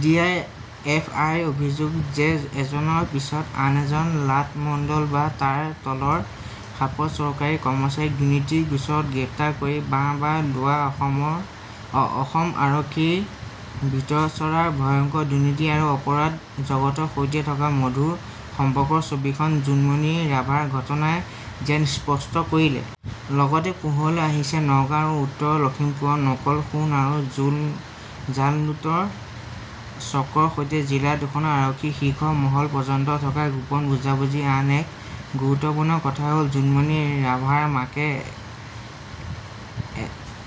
D Y F আইৰ অভিযোগ যে এজনৰ পিছত আন এজন লাট মণ্ডল বা তাৰ তলৰ খাপৰ চৰকাৰী কৰ্মচাৰীক দুৰ্নীতিৰ গোচৰত গ্ৰেপ্তাৰ কৰি বাহ বাহ লোৱা অসম আৰক্ষীৰ ভিতৰচৰাৰ ভয়ংকৰ দুৰ্নীতি আৰু অপৰাধ জগতৰ সৈতে থকা মধুৰ সম্পৰ্কৰ ছবিখন জোনমণি ৰাভাৰ ঘটনাই যেন স্পষ্ট কৰিলে। লগতে পোহৰলৈ আহিছে নগাঁও আৰু উত্তৰ লক্ষীমপুৰৰ নকল সোণ আৰু জাল নোট চক্ৰৰ সৈতে জিলা দুখনৰ আৰক্ষীৰ শীৰ্ষ মহল পৰ্যন্ত থকা গোপন বুজাবুজি। আন এক গুৰুত্বপূৰ্ণ কথা হল জোনমণি ৰাভাৰ মাকে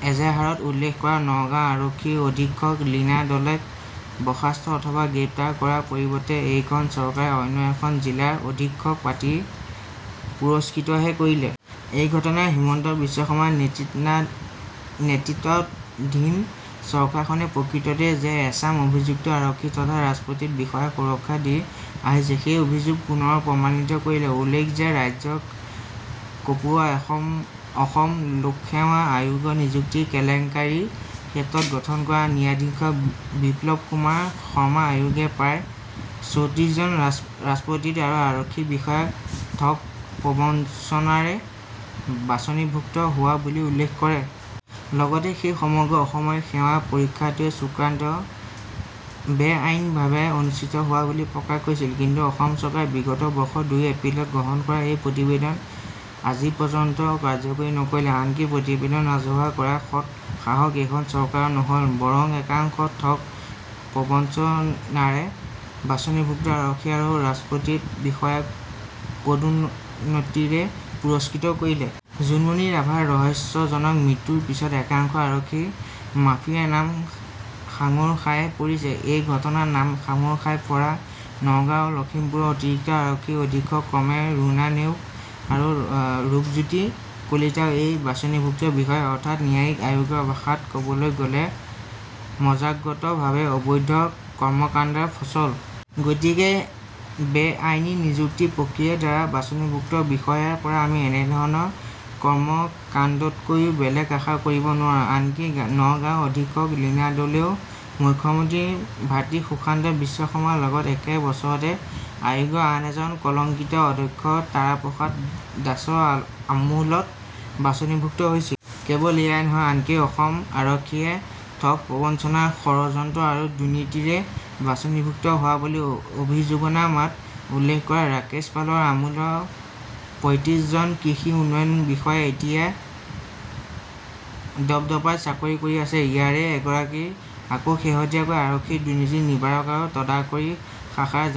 এজাহাৰত উল্লেখ কৰা নগাঁৱৰ আৰক্ষী অধীক্ষক লীনা দলেক বৰ্খাস্ত অথবা গ্ৰেপ্তাৰ কৰাৰ পৰিৱৰ্তে এইখন চৰকাৰে অন্য এখন জিলাৰ অধীক্ষক পাতি পুৰস্কৃতহে কৰিলে। এই ঘটনাই হিমন্ত বিশ্ব শৰ্মা নেতৃত্বাধীন চৰকাৰখনে প্ৰকৃততে যে এচাম অভিযুক্ত আৰক্ষী তথা ৰাজপত্ৰিত বিষয়াক সুৰক্ষা দি আহিছে, সেই অভিযোগ পুনৰ প্ৰমাণিত কৰিলে। উল্লেখ্য যে ৰাজ্য কঁপোৱা অসম লোকসেৱা আয়োগৰ নিযুক্তি কেলেংকাৰীৰ ক্ষেত্ৰত গঠন কৰা ন্যায়াধীশ বিপ্লৱ কুমাৰ শৰ্মা আয়োগে প্ৰায় চৌত্ৰিশ জন ৰাজপত্ৰিত আৰু আৰক্ষী বিষয়াক ঠগ প্ৰবঞ্চনাৰে বাছনিভুক্ত হোৱা বুলি উল্লেখ কৰে। লগতে সেই সমগ্ৰ অসামৰিক সেৱা পৰীক্ষাটোৱেই চূড়ান্ত বেআইনীভাৱে অনুষ্ঠিত হোৱা বুলি প্ৰকাশ কৰিছিল। কিন্তু অসম চৰকাৰে বিগত বৰ্ষৰ দুই এপ্ৰিলত গ্ৰহণ কৰা এই প্ৰতিবেদন আজিপৰ্যন্ত কাৰ্যকৰী নকৰিলে। আনকি প্ৰতিবেদন ৰাজহুৱা কৰাৰ সৎ সাহস এইখন চৰকাৰৰ নহল, বৰং একাংশ ঠগ প্ৰবঞ্চনাৰে বাছনিভুক্ত আৰক্ষী আৰু ৰাজপত্ৰিত বিষয়াক পদোন্নতিৰে পুৰস্কৃত কৰিলে। জোনমণি ৰাভাৰ ৰহস্যজনক মৃত্যুৰ পিছত একাংশ আৰক্ষী মাফিয়াৰ নাম সাঙোৰ খাই পৰিছে। এই ঘটনাত নাম সাঙোৰ খাই পৰা নগাঁও আৰু লক্ষীমপুৰৰ অতিৰিক্ত আৰক্ষী অধীক্ষক ক্ৰমে ৰুণা নেওগ আৰু ৰূপজ্যোতি কলিতাও এই বাছনিভুক্ত বিষয়া, অৰ্থাৎ ন্যায়িক আয়োগৰ ভাষাত কবলৈ গলে মজ্জাগতভাৱে অবৈধ কৰ্মকাণ্ডৰ ফচল। গতিকে এক বেআইনী নিযুক্তি প্ৰক্ৰিয়াৰ দ্বাৰা বাছনিভুক্ত বিষয়াৰ পৰা আমি এনেধৰণৰ কৰ্মকাণ্ডতকৈ বেলেগ আশা কৰিব নোৱাৰো। আনকি নগাঁৱৰ অধীক্ষক লীনা দলেও মুখ্যমন্ত্ৰীৰ ভাতৃ সুশান্ত বিশ্ব শৰ্মাৰ লগত একে বছৰতে আয়োগৰ আন এজন কলংকিত অধ্যক্ষ তাৰাপ্ৰসাদ দাসৰ আমোলত বাছনিভুক্ত হৈছিল। কেৱল এয়াই নহয়, আনকি অসম আৰক্ষীয়ে ঠগ, প্ৰবঞ্চনা, ষড়যন্ত্ৰ আৰু দুৰ্নীতিৰে বাছনিভুক্ত হোৱা বুলি অভিযোগনামাত উল্লেখ কৰা ৰাকেশ পালৰ আমোলৰ পয়ঁত্ৰিশ জন কৃষি উন্নয়ন বিষয়াই এতিয়া দপদপাই চাকৰি কৰি আছে। ইয়াৰে এগৰাকী আকৌ শেহতীয়াকৈ আৰক্ষীৰ দুৰ্নীতি নিবাৰক আৰু তদাৰকী শাখাৰ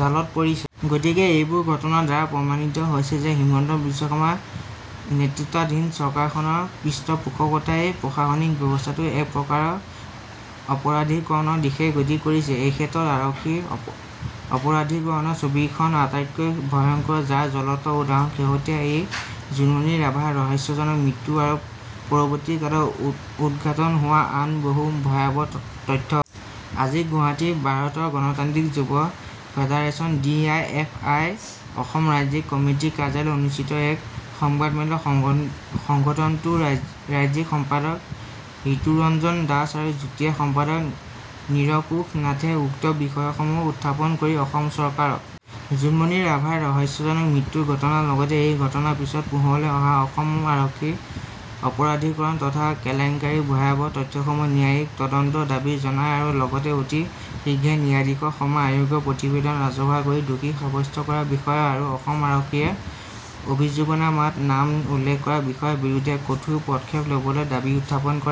জালত পৰিছে। গতিকে এইবোৰ ঘটনাৰ দ্বাৰা প্ৰমাণিত হৈছে যে হিমন্ত বিশ্ব শৰ্মা নেতৃত্বাধীন চৰকাৰখনৰ পৃষ্ঠপোষকতাতেই প্ৰশাসনিক ব্যৱস্থাটো একপ্ৰকাৰৰ অপৰাধীকৰণৰ দিশে গতি কৰিছে। এইক্ষেত্ৰত আৰক্ষীৰ অপৰাধীকৰণৰ ছবিখন আটাইতকৈ ভয়ংকৰ, যাৰ জ্বলন্ত উদাহৰণ শেহতীয়া এই জোনমণি ৰাভাৰ ৰহস্যজনক মৃত্যু আৰু পৰৱৰ্তীকালত উদ্ঘাটন হোৱা আন বহু ভয়াবহ তথ্য। আজি গুৱাহাটীৰ ভাৰতৰ গণতান্ত্ৰিক যুৱ federation D Y F I Assam ৰাজ্যিক কমিটিৰ কাৰ্যালয়ত অনুষ্ঠিত এক সংবাদমেলত সংগঠনটোৰ ৰাজ্যিক সম্পাদক ৰিতুৰঞ্জন দাস আৰু যুটীয়া সম্পাদক নিৰংকুশ নাথে উক্ত বিষয়সমূহ উত্থাপন কৰি অসম চৰকাৰক জোনমণি ৰাভাৰ ৰহস্যজনক মৃত্যুৰ ঘটনাৰ লগতে এই ঘটনাৰ পিছত পোহৰলৈ অহা অসম আৰক্ষীৰ অপৰাধীকৰণ তথা কেলেংকাৰীৰ ভয়াবহ তথ্যসমূহৰ ন্যায়িক তদন্তৰ দাবী জনায় আৰু লগতে অতি শীঘ্ৰেই ন্যায়াধীশ শৰ্মা আয়োগৰ প্ৰতিবেদন ৰাজহুৱা কৰি দোষী সাব্যস্ত কৰা বিষয়া আৰু অসম আৰক্ষীয়ে অভিযোগনামাত নাম উল্লেখ কৰা বিষয়াৰ বিৰুদ্ধে কঠোৰ পদক্ষেপ লবলৈ দাবী উত্থাপন কৰে।